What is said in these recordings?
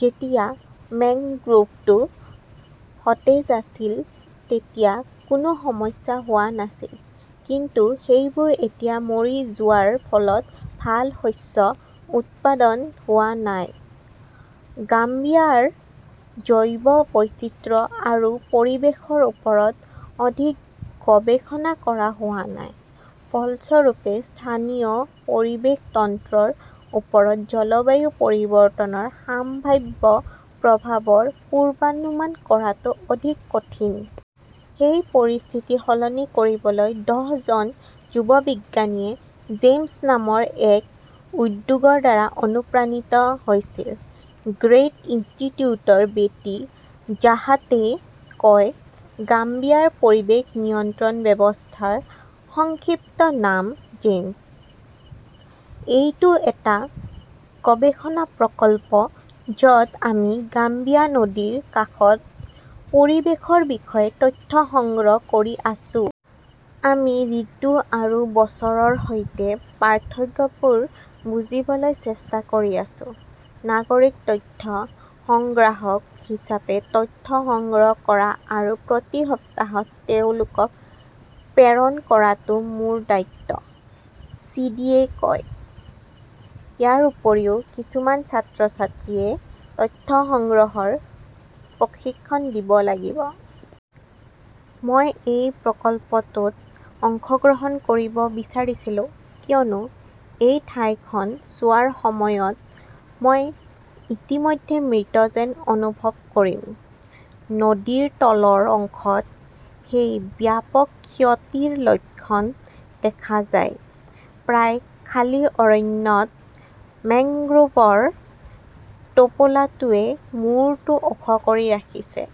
যেতিয়া মেংগ্ৰোভটো সতেজ আছিল, তেতিয়া কোনো সমস্যা হোৱা নাছিল। কিন্তু সেইবোৰ এতিয়া মৰি যোৱাৰ ফলত ভাল শস্য উৎপাদন হোৱা নাই। গাম্বিয়াৰ জৈৱ বৈচিত্ৰ্য আৰু পৰিৱেশৰ ওপৰত অধিক গৱেষণা কৰা হোৱা নাই। ফলস্বৰূপে স্থানীয় পৰিৱেশ তন্ত্ৰৰ ওপৰত জলবায়ু পৰিৱৰ্তনৰ সাম্ভাৱ্য প্ৰভাৱৰ পূৰ্বানুমান কৰাটো অধিক কঠিন। সেই পৰিস্থিতি সলনি কৰিবলৈ দহজন যুৱ বিজ্ঞানীয়ে "জেমছ" নামৰ এক উদ্যোগৰ দ্বাৰা অনুপ্ৰাণিত হৈছিল। গ্ৰেট ইনষ্টিটিউটৰ বেটি জাহাতে কয়, গাম্বিয়াৰ পৰিৱেশ নিয়ন্ত্ৰণ ব্যৱস্থাৰ সংক্ষিপ্ত নাম 'জেমছ'। এইটো এটা গৱেষণা প্ৰকল্প য 'ত আমি গাম্বিয়া নদীৰ কাষত পৰিৱেশৰ বিষয়ে তথ্য সংগ্ৰহ কৰি আছো। আমি ঋতু আৰু বছৰৰ সৈতে পাৰ্থক্যবোৰ বুজিবলৈ চেষ্টা কৰি আছো। "নাগৰিক তথ্য সংগ্ৰাহক হিচাপে তথ্য সংগ্ৰহ কৰা আৰু প্ৰতি সপ্তাহত তেওঁলোকক প্ৰেৰণ কৰাটো মোৰ দায়িত্ব", চিডিয়ে কয়। ইয়াৰ উপৰিও কিছুমান ছাত্ৰ-ছাত্ৰীয়ে তথ্য সংগ্ৰহৰ প্ৰশিক্ষণ দিব লাগিব। মই এই প্ৰকল্পটোত অংশগ্ৰহণ কৰিব বিচাৰিছিলো, কিয়নো, এই ঠাইখন চোৱাৰ সময়ত মই ইতিমধ্যে মৃত যেন অনুভৱ কৰিম। "নদীৰ তলৰ অংশত সেই ব্যাপক ক্ষতিৰ লক্ষণ দেখা যায়। প্ৰায় খালী অৰণ্যত, মেংগ্ৰোভৰ টোপোলাটোৱে মূৰটো ওখ কৰি ৰাখিছে।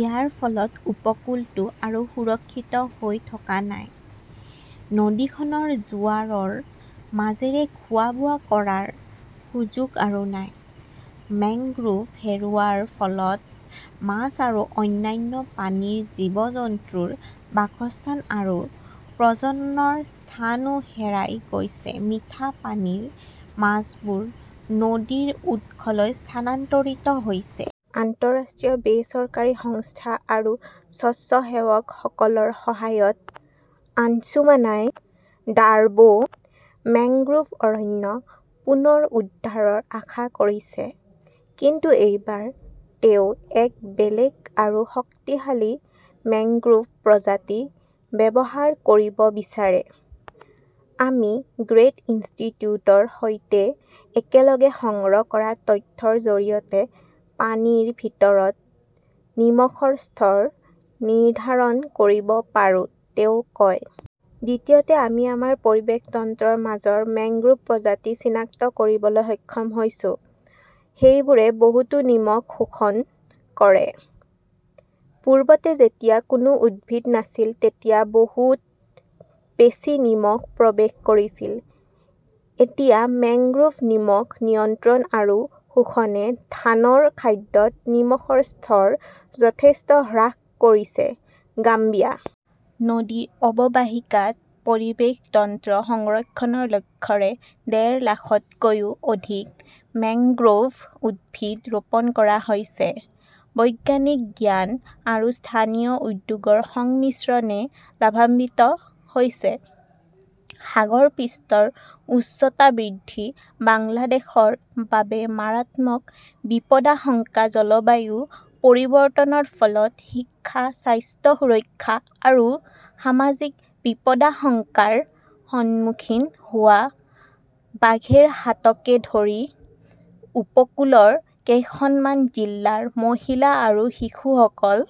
ইয়াৰ ফলত উপকূলটো আৰু সুৰক্ষিত হৈ থকা নাই। নদীখনৰ জোৱাৰৰ মাজেৰে খোৱা-বোৱা কৰাৰ সুযোগ আৰু নাই। মেংগ্ৰোভ হেৰুওৱাৰ ফলত মাছ আৰু অন্যান্য পানীৰ জীৱ-জন্তুৰ বাসস্থান আৰু প্ৰজননৰ স্থানো হেৰাই গৈছে। মিঠা পানীৰ মাছবোৰ নদীৰ উৎসলৈ স্থানান্তৰিত হৈছে। আন্তঃৰাষ্ট্ৰীয় বেচৰকাৰী সংস্থা আৰু স্বচ্ছাসেৱকসকলৰ সহায়ত আনছুমানাই ডাৰ্বো মেংগ্ৰোভ অৰণ্য পুনৰুদ্ধাৰৰ আশা কৰিছে। কিন্তু এইবাৰ তেওঁ এক বেলেগ আৰু শক্তিশালী মেংগ্ৰোভ প্ৰজাতি ব্যৱহাৰ কৰিব বিচাৰে। "আমি গ্ৰেট ইনষ্টিটিউটৰ সৈতে একেলগে সংগ্ৰহ কৰা তথ্যৰ জৰিয়তে পানীৰ ভিতৰত নিমখৰ স্তৰ নিৰ্ধাৰণ কৰিব পাৰোঁ", তেওঁ কয়। দ্বিতীয়তে, আমি আমাৰ পৰিৱেশ তন্ত্ৰৰ মাজৰ মেংগ্ৰোভ প্ৰজাতি চিনাক্ত কৰিবলৈ সক্ষম হৈছো। সেইবোৰে বহুতো নিমখ শোষণ কৰে। পূৰ্বতে যেতিয়া কোনো উদ্ভিদ নাছিল, তেতিয়া বহুত বেছি নিমখ প্ৰৱেশ কৰিছিল। এতিয়া, মেংগ্ৰোভ নিমখ নিয়ন্ত্ৰণ আৰু শোষণে ধানৰ খাদ্যত নিমখৰ স্তৰ যথেষ্ট হ্ৰাস কৰিছে। গাম্বিয়া নদী অৱবাহিকাত পৰিৱেশ তন্ত্ৰ সংৰক্ষণৰ লক্ষ্যৰে ডেৰ লাখতকৈও অধিক মেংগ্ৰোভ উদ্ভিদ ৰোপণ কৰা হৈছে। বৈজ্ঞানিক জ্ঞান আৰু স্থানীয় উদ্যোগৰ সংমিশ্ৰণে লাভান্বিত হৈছে। সাগৰ পৃষ্ঠৰ উচ্চতা বৃদ্ধি, বাংলাদেশৰ বাবে মাৰাত্মক বিপদাশংকা জলবায়ু পৰিৱৰ্তনৰ ফলত শিক্ষা, স্বাস্থ্য সুৰক্ষা আৰু সামাজিক বিপদাশংকাৰ সন্মুখীন হোৱা বাঘেৰহাটকে ধৰি উপকূলৰ কেইখনমান জিলাৰ মহিলা আৰু শিশুসকল।